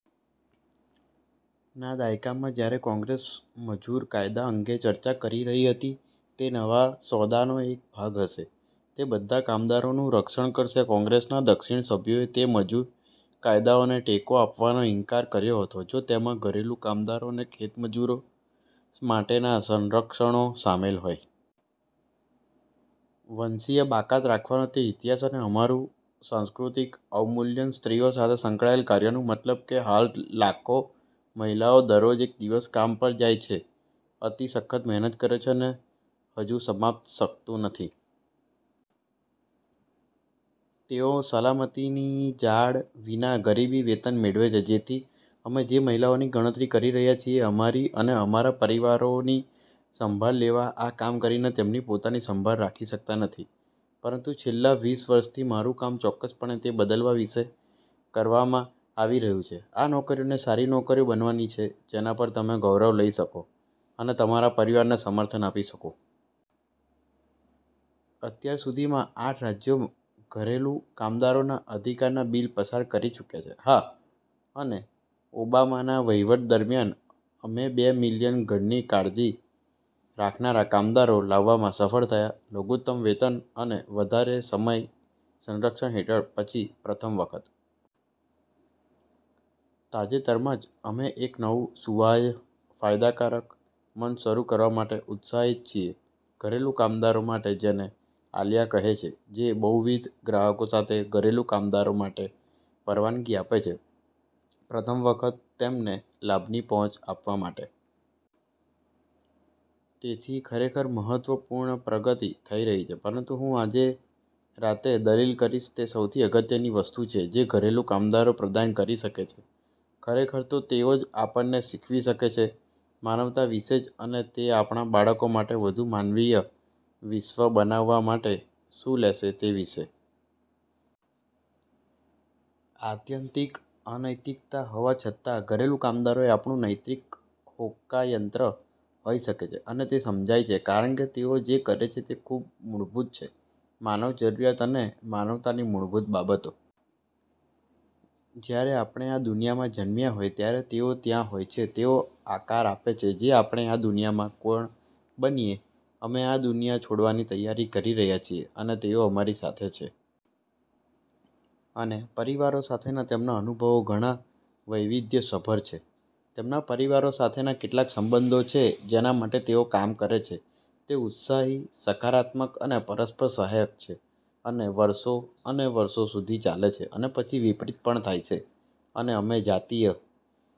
ના દાયકામાં, જ્યારે કોંગ્રેસ મજૂર કાયદા અંગે ચર્ચા કરી રહી હતી તે નવા સોદાનો એક ભાગ હશે, તે બધા કામદારોનું રક્ષણ કરશે, કોંગ્રેસના દક્ષિણ સભ્યોએ તે મજૂર કાયદાઓને ટેકો આપવાનો ઇનકાર કર્યો હતો જો તેમાં ઘરેલું કામદારો અને ખેતમજૂરો માટેના સંરક્ષણો શામેલ હોય. વંશીય બાકાત રાખવાનો તે ઇતિહાસ અને અમારું સાંસ્કૃતિક અવમૂલ્યન સ્ત્રીઓ સાથે સંકળાયેલ કાર્યનું મતલબ કે હાલ લાખો મહિલાઓ દરરોજ એક દિવસ કામ પર જાય છે, અતિ સખત મહેનત કરે છે અને હજુ સમાપ્ત શકતું નથી. તેઓ સલામતીની જાળ વિના ગરીબી વેતન મેળવે છે, જેથી અમે જે મહિલાઓની ગણતરી કરી રહ્યા છીએ અમારી અને અમારા પરિવારોની સંભાળ લેવા આ કામ કરીને, તેમની પોતાની સંભાળ રાખી શકતા નથી. પરંતુ છેલ્લા વીસ વર્ષથી મારું કામ ચોકકસપણે તે બદલવા વિશે કરવામાં આવી રહ્યું છે આ નોકરીઓને સારી નોકરીઓ બનાવવાની છે જેના પર તમે ગૌરવ લઇ શકો અને તમારા પરિવારને સમર્થન આપી શકો. અત્યાર સુધીમાં, આઠ રાજ્યો ઘરેલુ કામદારોના અધિકારના બીલ પસાર કરી ચૂક્યા છે. હા. અને ઓબામાના વહીવટ દરમિયાન, અમે બે મિલિયન ઘરની કાળજી રાખનારા કામદારો લાવવામાં સફળ થયા લઘુતમ વેતન અને વધારે સમય સંરક્ષણ હેઠળ પછી પ્રથમ વખત. તાજેતરમાં જ, અમે એક નવું સુવાહ્ય ફાયદાકારક મંચ શરૂ કરવા માટે ઉત્સાહિત છીએ ઘરેલું કામદારો માટે, જેને "આલિયા" કહે છે. જે બહુવિધ ગ્રાહકો સાથે ઘરેલું કામદારો માટે પરવાનગી આપે છે પ્રથમ વખત તેમને લાભની પહોંચ આપવા માટે. તેથી ખરેખર મહત્વપૂર્ણ પ્રગતિ થઈ રહી છે. પરંતુ હું આજે રાતે દલીલ કરીશ તે સૌથી અગત્યની વસ્તુ છે જે ઘરેલું કામદારો પ્રદાન કરી શકે છે ખરેખર તો તેઓ જ આપણને શીખવી શકે છે માનવતા વિશે જ અને તે આપણા બાળકો માટે વધુ માનવીય વિશ્વ બનાવવા માટે શું લેશે તે વિશે. આત્યંતિક અનૈતિકતા હોવા છતાં, ઘરેલું કામદારો એ આપણું નૈતિક હોકાયંત્ર હોઈ શકે છે. અને તે સમજાય છે, કારણ કે તેઓ જે કરે છે તે ખૂબ મૂળભૂત છે માનવ જરૂરિયાત અને માનવતાની મૂળભૂત બાબતો. જ્યારે આપણે આ દુનિયામાં જન્મ્યા હોય ત્યારે તેઓ ત્યાં હોય છે, તેઓ આકાર આપે છે જે આપણે આ દુનિયામાં કોણ બનીએ; અમે આ દુનિયા છોડવાની તૈયારી કરી રહ્યા છીએ અને તેઓ અમારી સાથે છે. અને પરિવારો સાથેના તેમના અનુભવો ઘણા વૈવિધ્યસભર છે. તેમના પરિવારો સાથેના કેટલાક સંબંધો છે જેના માટે તેઓ કામ કરે છે તે ઉત્સાહી સકારાત્મક અને પરસ્પર સહાયક છે અને વર્ષો અને વર્ષો સુધી ચાલે છે. અને પછી વિપરીત પણ થાય છે. અને અમે જાતીય